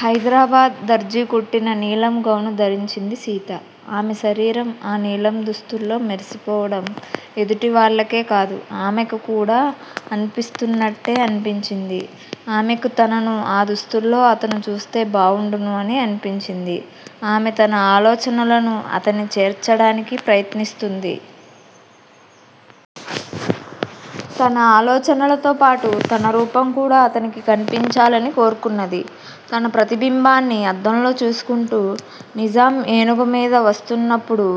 హైదరాబాద్ దర్జీ కుట్టిన నీలం గౌను ధరించింది సీత. ఆమె శరీరం ఆ నీలం దుస్తుల్లో మెరిసిపోవడం ఎదుటివాళ్ళకే కాదు ఆమెకు కూడా అన్పిస్తున్నట్టే అన్పించింది. ఆమెకు తనను ఆ దుస్తుల్లో అతను చూస్తే బావుండును అని అన్పించింది. ఆమె తన ఆలోచనలను అతన్ని చేర్చడానికి ప్రయత్నిస్తుంది. తన ఆలోచనలతోపాటు తన రూపం కూడా అతనికి కన్పించాలని కోరుకున్నది. తన ప్రతిబింబాన్ని అద్దంలో చూసుకుంటూ. నిజాం ఏనుగు మీద వస్తున్నప్పుడు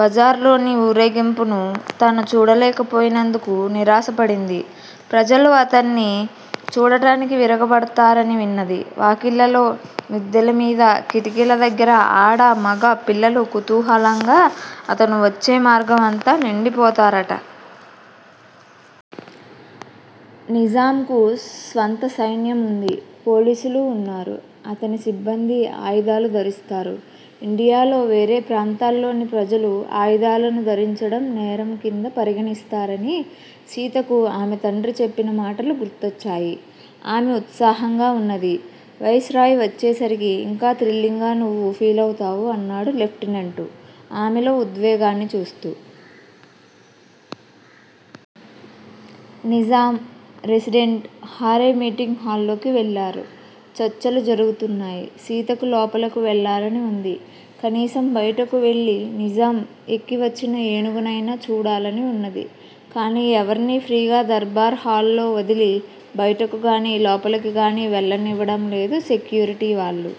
బజార్లోని ఊరేగింపును తను చూడలేకపోయినందుకు నిరాశపడింది. ప్రజలు అతన్ని చూడటానికి విరగబడ్తారని విన్నది. వాకిళ్ళలో, మిద్దెల మీద, కిటికీల దగ్గర ఆడ, మగ, పిల్లలు కుతూహలంగా అతను వచ్చే మార్గం అంతా నిండి పోతారట. నిజాంకు స్వంత సైన్యం ఉంది. పోలీసులు వున్నారు. అతని సిబ్బంది ఆయుధాలు ధరిస్తారు. ఇండియాలో వేరే ప్రాంతాల్లోని ప్రజలు ఆయుధాలను ధరించడం నేరం కింద పరిగణిస్తారని సీతకు ఆమె తండ్రి చెప్పిన మాటలు గుర్తొచ్చాయి. ఆమె ఉత్సాహంగా వున్నది. వైస్ రాయ్ వచ్చేసరికి ఇంకా థ్రిల్లింగ్ గా నువ్వు ఫీలవుతావు అన్నాడు లెప్టినెంటు ఆమెలో ఉద్వేగాన్ని చూస్తూ. నిజాం, రెసిడెంట్, హారే మీటింగ్ హాల్లోకి వెళ్ళారు. చర్చలు జరుగుతున్నాయి. సీతకు లోపలకు వెళ్ళాలని వుంది. కనీసం బయటకు వెళ్ళి నిజాం ఎక్కి వచ్చిన ఏనుగునయినా చూడాలని వున్నది. కానీ ఎవర్నీ ఫ్రీగా దర్బార్ హాల్ లో వదిలి బయటకు గానీ, లోపలకు గానీ వెళ్ళనివడం లేదు సెక్యూరిటీ వాళ్ళు.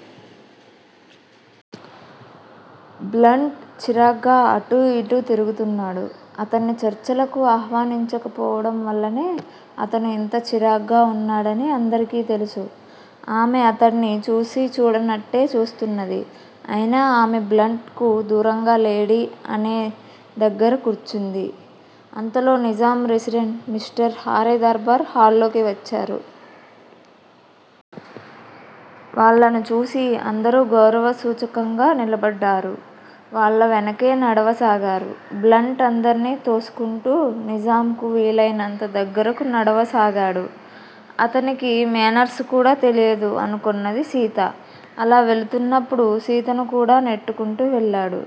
బ్లంట్ చిరాగ్గా అటూ ఇటూ తిరుగుతున్నాడు. అతన్ని చర్చలకు ఆహ్వానించకపోవడం వల్లనే అతను ఇంత చిరాగ్గా ఉన్నాడని అందరికీ తెలుసు. ఆమె అతన్ని చూసిచూడనట్టే చూస్తున్నది. అయినా ఆమె బ్లంట్ కు దూరంగా లేడి అనే దగ్గర కూర్చుంది. అంతలో Nizam, resident, Mister Hare durbar హాల్లోకి వచ్చారు. వాళ్ళను చూసి అందరూ గౌరవ సూచకంగా నిలబడ్డారు. వాళ్ళ వెనకే నడవసాగారు. బ్లంట్ అందర్నీ తోసుకుంటూ నిజాంకు వీలయినంత దగ్గరకు నడవసాగాడు. అతనికి మేనర్సు కూడా తెలియదు అనుకొన్నది సీత. అలా వెళుతున్నప్పుడు సీతను కూడా నెట్టుకుంటూ వెళ్ళాడు.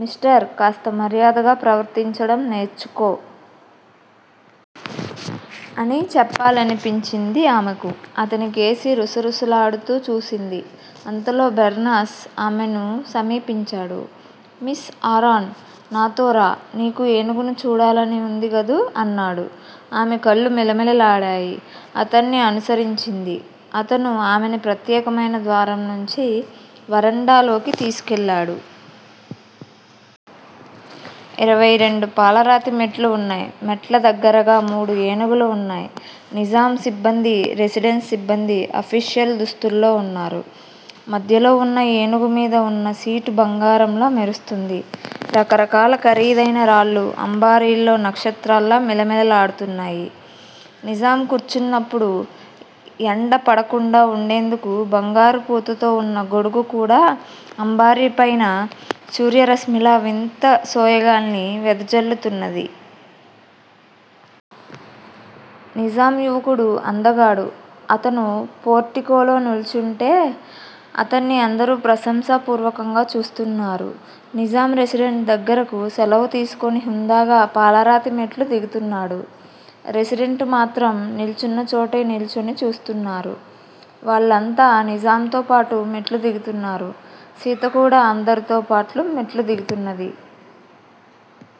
మిస్టర్ కాస్త మర్యాదగా ప్రవర్తించడం నేర్చుకో! అని చెప్పాలనిపించింది ఆమెకు. అతనికేసి రుసరుస లాడుతూ చూసింది. అంతలో బెర్నస్ ఆమెను సమీపించాడు. Miss Aaron! నాతో రా! నీకు ఏనుగును చూడాలని ఉంది గదూ? అన్నాడు. ఆమె కళ్ళు మిలమిల లాడాయి. అతన్ని అనుసరించింది. అతను ఆమెను ప్రత్యేకమైన ద్వారం నుంచి వరండాలోకి తీసుకెళ్ళాడు. ఇరవైరెండు పాలరాతి మెట్లు ఉన్నాయ్. మెట్ల దగ్గరగా మూడు ఏనుగులు ఉన్నాయ్. నిజాం సిబ్బందీ, రెసిడెన్స్ సిబ్బందీ అఫీషియల్ దుస్తుల్లో ఉన్నారు. మధ్యలో వున్న ఏనుగు మీద ఉన్న సీటు బంగారంలా మెరుస్తుంది. రకరకాల ఖరీదైన రాళ్ళు అంబారీలో నక్షత్రాల్లా మిలమిలలాడుతున్నాయి. నిజాం కూర్చున్నప్పుడు ఎండ పడకుండా వుండేందుకు బంగారు పూతతో వున్న గొడుగు కూడా అంబారీపైన సూర్యరశ్మిలో వింత సోయగాల్ని వెదజల్లుతున్నది. నిజాం యువకుడు అందగాడు. అతను పోర్టికోలో నిల్చుంటే అతన్ని అందరూ ప్రశంసా పూర్వకంగా చూస్తున్నారు. నిజాం రెసిడెంట్ దగ్గర సెలవు తీసుకొని హుందాగా పాలరాతి మెట్లు దిగుతున్నాడు. రెసిడెంటు మాత్రం నిల్చున్నచోటే నిల్చుని చూస్తున్నారు. వాళ్ళంతా నిజాంతోపాటు మెట్లు దిగుతున్నారు. సీత కూడా అందరితోపాటు మెట్లు దిగుతున్నది.